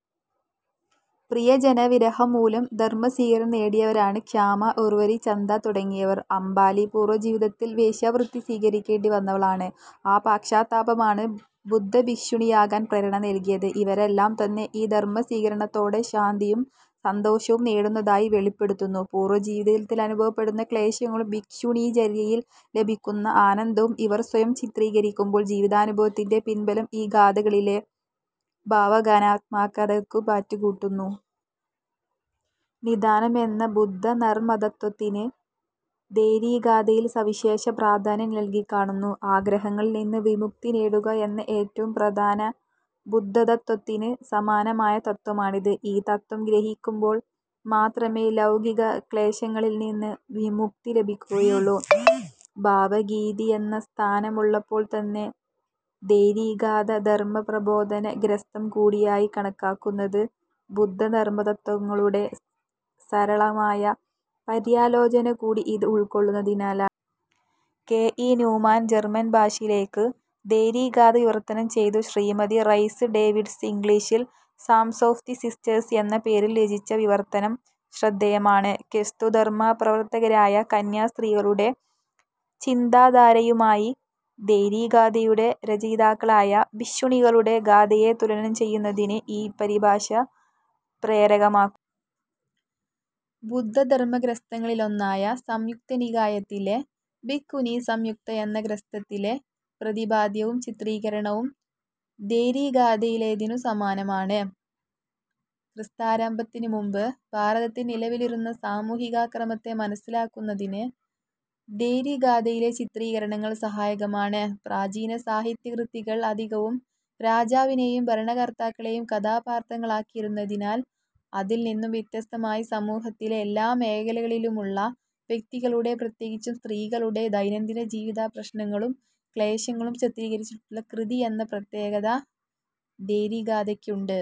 പ്രിയജനവിരഹംമൂലം ധർമസ്വീകരണം നേടിയവരാണ് ശ്യാമ, ഉർവരി, ചന്ദ തുടങ്ങിയവർ. അംബാലി പൂർവജീവിതത്തിൽ വേശ്യാവൃത്തി സ്വീകരിക്കേണ്ടിവന്നവളാണ്. ആ പശ്ചാത്താപമാണ് ബുദ്ധഭിക്ഷുണിയാകാൻ പ്രേരണ നല്കിയത്. ഇവരെല്ലാംതന്നെ ഈ ധർമസ്വീകരണത്തോടെ ശാന്തിയും സന്തോഷവും നേടുന്നതായി വെളിപ്പെടുത്തുന്നു. പൂർവജീവിതത്തിലനുഭവപ്പെടുന്ന ക്ലേശങ്ങളും ഭിക്ഷുണീചര്യയിൽ ലഭിക്കുന്ന ആനന്ദവും ഇവർ സ്വയം ചിത്രീകരിക്കുമ്പോൾ ജീവിതാനുഭവത്തിന്റെ പിൻബലം ഈ ഗാഥകളിലെ ഭാവഗാനാത്മകതയ്ക്കു മാറ്റുകൂട്ടുന്നു. 'നിദാനം' എന്ന ബുദ്ധധർമതത്ത്വത്തിന് ഥേരീഗാഥയിൽ സവിശേഷ പ്രാധാന്യം നല്കിക്കാണുന്നു. ആഗ്രഹങ്ങളിൽനിന്ന് വിമുക്തി നേടുക എന്ന ഏറ്റവും പ്രധാന ബുദ്ധതത്ത്വത്തിനു സമാനമായ തത്ത്വമാണിത്. ഈ തത്ത്വം ഗ്രഹിക്കുമ്പോൾ മാത്രമേ ലൗകിക ക്ലേശങ്ങളിൽനിന്ന് മുക്തി ലഭിക്കുകയുള്ളൂ. ഭാവഗീതി എന്ന സ്ഥാനമുള്ളപ്പോൾത്തന്നെ ഥേരീഗാഥ ധർമപ്രബോധന ഗ്രന്ഥം കൂടിയായി കണക്കാക്കുന്നത് ബുദ്ധധർമതത്ത്വങ്ങളുടെ സരളമായ പര്യാലോചനകൂടി ഇത് ഉൾ ക്കൊള്ളുന്നതിനാലാണ്. കെ. ഇ. ന്യൂമാൻ ജർമൻഭാഷയിലേക്ക് ഥേരീഗാഥ വിവർത്തനം ചെയ്തു. ശ്രീമതി റൈസ് ഡേവിഡ്സ് ഇംഗ്ലീഷിൽ സാംസ് ഒഫ് ദ് സിസ്റ്റേഴ്സ് എന്ന പേരിൽ രചിച്ച വിവർത്തനം ശ്രദ്ധേയമാണ്. ക്രിസ്തുധർമ പ്രവർത്തകരായ കന്യാസ്ത്രീകളുടെ ചിന്താധാരയുമായി ഥേരീഗാഥയുടെ രചയിതാക്കളായ ഭിക്ഷുണികളുടെ ഗാഥയെ തുലനം ചെയ്യുന്നതിന് ഈ പരിഭാഷ പ്രേരകമാകുന്നു. ബുദ്ധധർമഗ്രന്ഥങ്ങളിലൊന്നായ സംയുത്തനികായത്തിലെ ഭിക്ഖുനീസംയുത്ത എന്ന ഗ്രന്ഥത്തിലെ പ്രതിപാദ്യവും ചിത്രീകരണവും ഥേരീഗാഥയിലേതിനു സമാനമാണ്. ക്രിസ്ത്വബ്ദാരംഭത്തിനുമുമ്പ് ഭാരതത്തിൽ നിലവിലിരുന്ന സാമൂഹികക്രമത്തെ മനസ്സിലാക്കുന്നതിന് ഥേരീഗാഥയിലെ ചിത്രീകരണങ്ങൾ സഹായകമാണ്. പ്രാചീന സാഹിത്യകൃതികൾ അധികവും രാജാവിനെയും ഭരണകർത്താക്കളെയും കഥാപാത്രങ്ങളാക്കിയിരുന്നതിനാൽ അതിൽനിന്നു വ്യത്യസ്തമായി സമൂഹത്തിലെ എല്ലാ മേഖലകളിലുമുള്ള വ്യക്തികളുടെ-പ്രത്യേകിച്ചും സ്ത്രീകളുടെ-ദൈനംദിന ജീവിതപ്രശ്നങ്ങളും ക്ലേശങ്ങളും ചിത്രീകരിച്ചിട്ടുള്ള കൃതി എന്ന പ്രത്യേകത ഥേരീഗാഥയ്ക്കുണ്ട്.